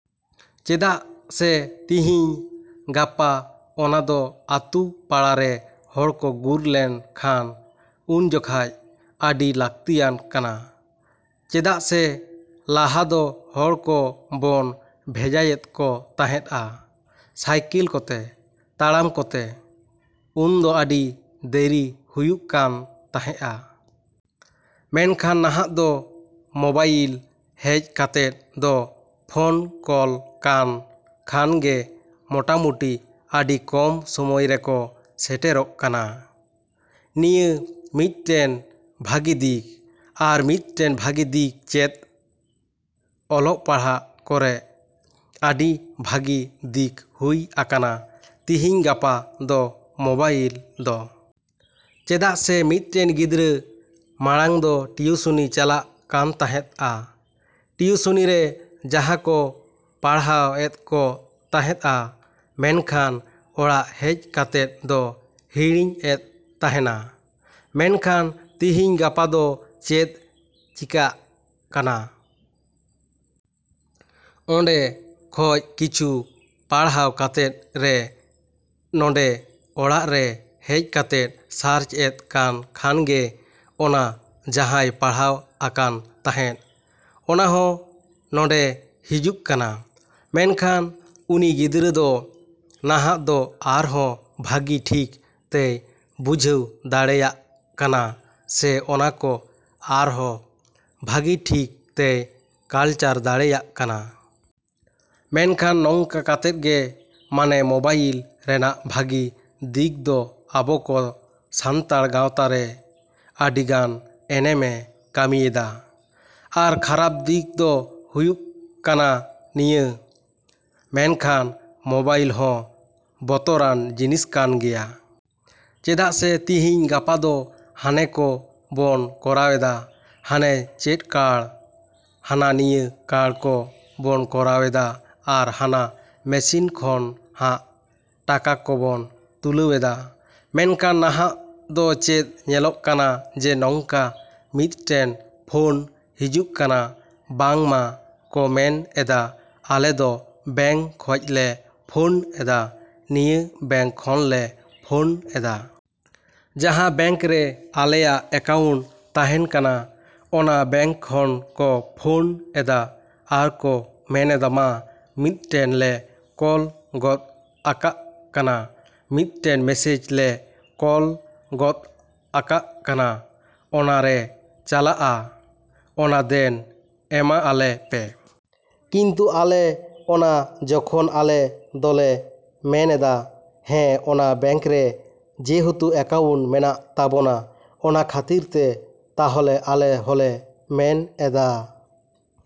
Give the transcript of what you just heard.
ᱪᱮᱫᱟᱜ ᱥᱮ ᱛᱤᱦᱤᱧ ᱜᱟᱯᱟ ᱚᱱᱟᱫᱚ ᱟᱹᱛᱩ ᱯᱟᱲᱟ ᱨᱮ ᱦᱚᱲ ᱠᱚ ᱜᱩᱨ ᱞᱮᱱ ᱠᱷᱟᱱ ᱩᱱᱡᱚᱠᱷᱟᱹᱡ ᱟᱹᱰᱤ ᱞᱟᱹᱠᱛᱤᱭᱟᱱ ᱠᱟᱱᱟ᱾ ᱪᱮᱫᱟᱜ ᱥᱮ ᱞᱟᱦᱟ ᱫᱚ ᱦᱚᱲ ᱠᱚ ᱵᱚᱱ ᱵᱷᱮᱡᱟᱭᱮᱫ ᱠᱚ ᱛᱟᱦᱮᱸᱫᱼᱟ ᱥᱟᱭᱠᱮᱞ ᱠᱚᱛᱮ, ᱛᱟᱲᱟᱢ ᱠᱚᱛᱮ᱾ ᱩᱱᱫᱚ ᱟᱹᱰᱤ ᱫᱮᱨᱤ ᱦᱩᱭᱩᱜ ᱠᱟᱱ ᱛᱟᱦᱮᱸᱜᱼᱟ᱾ ᱢᱮᱱᱠᱷᱟᱱ ᱱᱟᱦᱟᱜ ᱫᱚ ᱢᱚᱵᱟᱭᱤᱞ ᱦᱮᱡ ᱠᱟᱛᱮᱫ ᱫᱚ ᱯᱷᱚᱱ ᱠᱚᱞ ᱠᱟᱱ ᱠᱷᱟᱱ ᱜᱮ ᱢᱚᱴᱟᱢᱩᱴᱤ ᱟᱹᱰᱤ ᱠᱚᱢ ᱥᱚᱢᱚᱭ ᱨᱮᱠᱚ ᱥᱮᱴᱮᱨᱚᱜ ᱠᱟᱱᱟ᱾ ᱱᱤᱭᱟᱹ ᱢᱤᱫᱴᱮᱱ ᱵᱷᱟᱹᱜᱤ ᱫᱤᱠ᱾ ᱟᱨ ᱢᱤᱫᱴᱮᱱ ᱵᱷᱟᱹᱜᱤ ᱫᱤᱠ ᱪᱮᱫ? ᱚᱞᱚᱜ ᱯᱟᱲᱦᱟᱜ ᱠᱚᱨᱮ ᱟᱹᱰᱤ ᱵᱷᱟᱹᱜᱤ ᱫᱤᱠ ᱦᱩᱭ ᱟᱠᱟᱱᱟ ᱛᱤᱦᱤᱧ ᱜᱟᱯᱟ ᱫᱚ ᱢᱚᱵᱟᱭᱤᱞ ᱫᱚ᱾ ᱪᱮᱫᱟᱜ ᱥᱮ ᱢᱤᱫᱴᱮᱱ ᱜᱤᱫᱽᱨᱟᱹ ᱢᱟᱲᱟᱝ ᱫᱚ ᱴᱤᱭᱩᱥᱚᱱᱤ ᱪᱟᱞᱟᱜ ᱠᱟᱱ ᱛᱟᱦᱮᱸᱫᱼᱟ᱾ ᱴᱤᱭᱩᱥᱚᱱᱤ ᱨᱮ ᱡᱟᱦᱟᱸ ᱠᱚ ᱯᱟᱲᱦᱟᱣ ᱮᱫ ᱠᱚ ᱛᱟᱦᱮᱸᱫᱼᱟ, ᱢᱮᱱᱠᱷᱟᱱ ᱚᱲᱟᱜ ᱦᱮᱡ ᱠᱟᱛᱮᱫ ᱫᱚ ᱦᱤᱲᱤᱧ ᱮᱫ ᱛᱟᱦᱮᱸᱱᱟ᱾ ᱢᱮᱱᱠᱷᱟᱱ ᱛᱤᱦᱤᱧ ᱜᱟᱯᱟ ᱫᱚ ᱪᱮᱫ ᱪᱤᱠᱟᱜ ᱠᱟᱱᱟ? ᱚᱸᱰᱮ ᱠᱷᱚᱡ ᱠᱤᱪᱷᱩ ᱯᱟᱲᱦᱟᱣ ᱠᱟᱛᱮᱫ ᱨᱮ ᱱᱚᱰᱮ ᱚᱲᱟᱜ ᱨᱮ ᱦᱮᱡ ᱠᱟᱛᱮᱫ ᱥᱟᱨᱪ ᱮᱫ ᱠᱟᱱ ᱠᱷᱟᱱ ᱜᱮ ᱚᱱᱟ ᱡᱟᱦᱟᱸᱭ ᱯᱟᱲᱦᱟᱣ ᱟᱠᱟᱱ ᱛᱟᱦᱮᱸᱫ, ᱚᱱᱟ ᱦᱚᱸ ᱱᱚᱰᱮ ᱦᱤᱡᱩᱜ ᱠᱟᱱᱟ᱾ ᱢᱮᱱᱠᱷᱟᱱ ᱩᱱᱤ ᱜᱤᱫᱽᱨᱟᱹ ᱫᱚ ᱱᱟᱦᱟᱜ ᱫᱚ ᱟᱨᱦᱚᱸ ᱵᱷᱟᱹᱜᱤ ᱴᱷᱤᱠ ᱛᱮᱭ ᱵᱩᱡᱷᱟᱹᱣ ᱫᱟᱲᱮᱭᱟᱜ ᱠᱟᱱᱟ ᱥᱮ ᱚᱱᱟ ᱠᱚ ᱟᱨᱦᱚᱸ ᱵᱷᱟᱹᱜᱤ ᱴᱷᱤᱠ ᱛᱮᱭ ᱠᱟᱞᱪᱟᱨ ᱫᱟᱲᱮᱭᱟᱜ ᱠᱟᱱᱟ᱾ ᱢᱮᱱᱠᱷᱟᱱ ᱱᱚᱝᱠᱟ ᱠᱟᱛᱮᱫ ᱜᱮ ᱢᱟᱱᱮ ᱢᱚᱵᱟᱭᱤᱞ ᱨᱮᱱᱟᱜ ᱵᱷᱟᱹᱜᱤ ᱫᱤᱠ ᱫᱚ ᱟᱵᱚ ᱠᱚ ᱥᱟᱱᱛᱟᱲ ᱥᱟᱶᱛᱟ ᱨᱮ ᱟᱹᱰᱤ ᱜᱟᱱ ᱮᱱᱮᱢᱮ ᱠᱟᱹᱢᱤᱭᱮᱫᱟ᱾ ᱟᱨ ᱠᱷᱟᱨᱟᱯ ᱫᱤᱠ ᱫᱚ ᱦᱩᱭᱩᱜ ᱠᱟᱱᱟ ᱱᱤᱭᱟᱹ᱾ ᱢᱮᱱᱠᱷᱟᱱ ᱢᱚᱵᱟᱭᱤᱞ ᱦᱚᱸ ᱵᱚᱛᱚᱨᱟᱱ ᱡᱤᱱᱤᱥ ᱠᱟᱱ ᱜᱮᱭᱟ᱾ ᱪᱮᱫᱟᱜ ᱥᱮ ᱛᱤᱦᱤᱧ ᱜᱟᱯᱟ ᱫᱚ ᱦᱟᱱᱮ ᱠᱚ ᱵᱚᱱ ᱠᱚᱨᱟᱣ ᱮᱫᱟ, ᱦᱟᱱᱮ ᱪᱮᱫ ᱠᱟᱨᱰ, ᱦᱟᱱᱟ ᱱᱤᱭᱟᱹ ᱠᱟᱨᱰ ᱠᱚ ᱵᱚᱱ ᱠᱚᱨᱟᱣ ᱮᱫᱟ ᱟᱨ ᱦᱟᱱᱟ ᱢᱮᱥᱤᱱ ᱠᱷᱚᱱ ᱦᱟᱜ ᱴᱟᱠᱟ ᱠᱚ ᱵᱚᱱ ᱛᱩᱞᱟᱹᱣ ᱮᱫᱟ᱾ ᱢᱮᱱᱠᱷᱟᱱ ᱱᱟᱦᱟᱜ ᱫᱚ ᱪᱮᱫ ᱧᱮᱞᱚᱜ ᱠᱟᱱᱟ ᱡᱮ ᱱᱚᱝᱠᱟ ᱢᱤᱫᱴᱮᱱ ᱯᱷᱳᱱ ᱦᱤᱡᱩᱜ ᱠᱟᱱᱟ ᱵᱟᱝ ᱢᱟ ᱠᱚ ᱢᱮᱱ ᱮᱫᱟ ᱟᱞᱮᱫᱚ ᱵᱮᱝᱠ ᱠᱷᱚᱡ ᱞᱮ ᱯᱷᱳᱱ ᱮᱫᱟ, ᱱᱤᱭᱟᱹ ᱵᱮᱝᱠ ᱠᱷᱚᱱ ᱞᱮ ᱯᱷᱳᱱ ᱮᱫᱟ᱾ ᱡᱟᱦᱟᱸ ᱵᱮᱝᱠ ᱨᱮ ᱟᱞᱮᱭᱟᱜ ᱮᱠᱟᱣᱩᱱᱴ ᱛᱟᱦᱮᱸᱱ ᱠᱟᱱᱟ, ᱚᱱᱟ ᱵᱮᱝᱠ ᱠᱷᱚᱱ ᱠᱚ ᱯᱷᱳᱱ ᱮᱫᱟ ᱟᱨ ᱠᱚ ᱢᱮᱱ ᱮᱫᱟ ᱢᱟ ᱢᱤᱫᱴᱮᱱ ᱞᱮ ᱠᱚᱞ ᱜᱚᱫ ᱟᱠᱟᱜ ᱠᱟᱱᱟ, ᱢᱤᱫᱴᱮᱱ ᱢᱮᱥᱮᱡ ᱞᱮ ᱠᱚᱞ ᱜᱚᱫ ᱟᱠᱟᱜ ᱠᱟᱱᱟ᱾ ᱚᱱᱟ ᱨᱮ ᱪᱟᱞᱟᱜᱼᱟ, ᱚᱱᱟ ᱫᱮᱱ ᱮᱢᱟᱣᱟᱞᱮ ᱯᱮ᱾ ᱠᱤᱱᱛᱩ ᱟᱞᱮ ᱚᱱᱟ ᱡᱚᱠᱷᱚᱱ ᱟᱞᱮ ᱫᱚᱞᱮ ᱢᱮᱱᱮᱫᱟ ᱦᱮᱸ ᱚᱱᱟ ᱵᱮᱝᱠ ᱨᱮ ᱡᱮᱦᱮᱛᱩ ᱟᱠᱟᱣᱩᱱᱴ ᱢᱮᱱᱟᱜ ᱛᱟᱵᱚᱱᱟ, ᱚᱱᱟ ᱠᱷᱟᱹᱛᱤᱨ ᱛᱮ ᱛᱟᱦᱚᱞᱮ ᱟᱞᱮ ᱦᱚᱸᱞᱮ ᱢᱮᱱ ᱮᱫᱟᱼᱼ